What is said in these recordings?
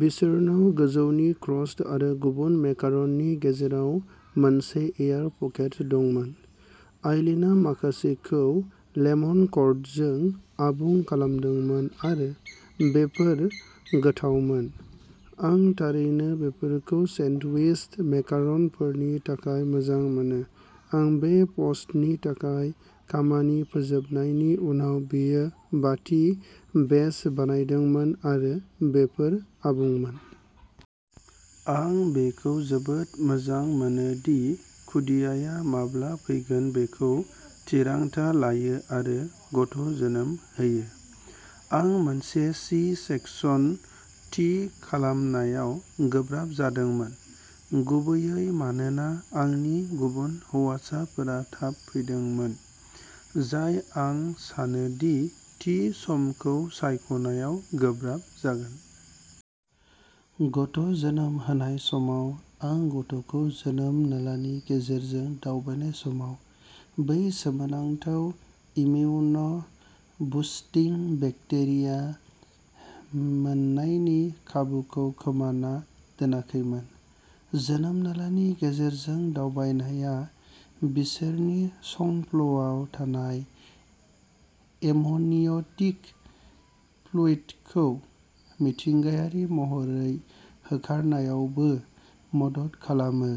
बिसोरनाव गोजौनि क्रस्ट आरो गुबुन मेकार'ननि गेजेराव मोनसे एयार पकेट दंमोन। आइलीनआ माखासेखौ लेमन कर्डजों आबुं खालामदोंमोन आरो बेफोर गोथावमोन! आं थारैनो बेफोरखौ सेन्डविच मेकार'नफोरनि थाखाय मोजां मोनो। आं बे पस्टनि थाखाय खामानि फोजोबनायनि उनाव बियो बाथि बेच बानायदोंमोन आरो बेफोर आबुंमोन। आं बेखौ जोबोद मोजां मोनो दि खुदियाया माब्ला फैगोन बेखौ थिरांथा लायो आरो गथ'जोनोम होयो। आं मोनसे सि-सेकसन थि खालामनायाव गोब्राब जादोंमोन, गुबैयै मानोना आंनि गुबुन हौवासाफोरा थाब फैदोंमोन, जाय आं सानो दि थि समखौ सायख'नायाव गोब्राब जागोन। गथ'जोनोम होनाय समाव आं गथ'खौ जोनोम नालानि गेजेरजों दावबायनाय समाव बै सोमोनांथाव इमिउन बुस्टिं बेक्टेरिया मोननायनि खाबुखौ खोमाना दोनाखैमोन। जोनोम नालानि गेजेरजों दावबायनाया बिसोरनि संफ्ल'आव थानाय एमनिय'टिक फ्लुइडखौ मिथिंगायारि महरै होखारनायावबो मदद खालामो,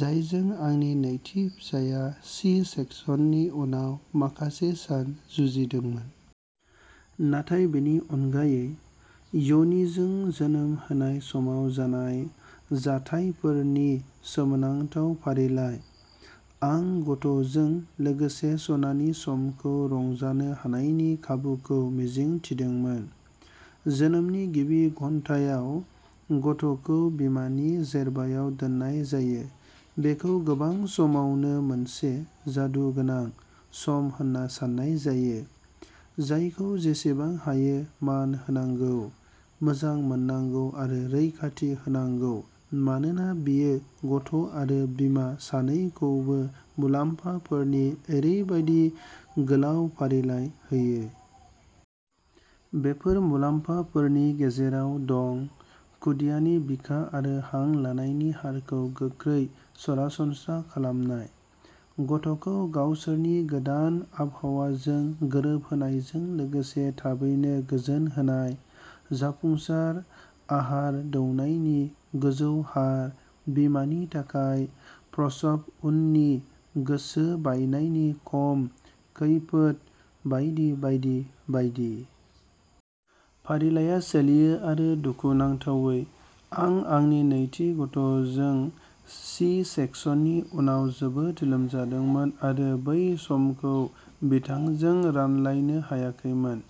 जायजों आंनि नैथि फिसाया सि-सेकसननि उनाव माखासे सान जुजिदोंमोन। नाथाय बेनि अनगायै। योनिजों जोनोम होनाय समाव जानाय जाथायफोरनि सोमोनांथाव फारिलाइ, आं गथ'जों लोगोसे सनानि समखौ रंजानो हानायनि खाबुखौ मिजिं थिदोंमोन। जोनोमनि गिबि घन्टायाव गथ'खौ बिमानि जेरबायाव दोननाय जायो, बेखौ गोबां समावनो मोनसे "जादुगोनां" सम होनना साननाय जायो, जायखौ जेसेबां हायो मान होनांगौ, मोजां मोननांगौ आरो रैखाथि होनांगौ मानोना बेयो गथ'आरो बिमा सानैखौबो मुलाम्फाफोरनि ओरैबायदि गोलाव फारिलाइ होयो। बेफोर मुलाम्फाफोरनि गेजेराव दं, खुदियानि बिखा आरो हां लानायनि हारखौ गोख्रै सरासनस्रा खालामनाय, गथ'खौ गावसोरनि गोदान आबहावाजों गोरोबहोनायजों लोगोसे थाबैनो गोजोन होनाय, जाफुंसार आहार दौनायनि गोजौ हार, बिमानि थाखाय प्रसब-उननि गोसो बायनायनि खम खैफोद बायदि बायदि बायदि। फारिलाइआ सोलियो आरो दुखुनांथावै, आं आंनि नैथि गथ'जों सि-सेकसननि उनाव जोबोद लोमजादोंमोन आरो बै समखौ बिथांजों रानलायनो हायाखैमोन।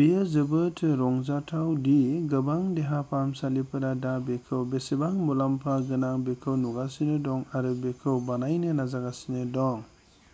बेयो जोबोद रंजाथाव दि गोबां देहा फाहामसालिफोरा दा बेखौ बेसेबां मुलाम्फा गोनां बेखौ नुगासिनो दं आरो बेखौ बानायनो नाजागासिनो दं।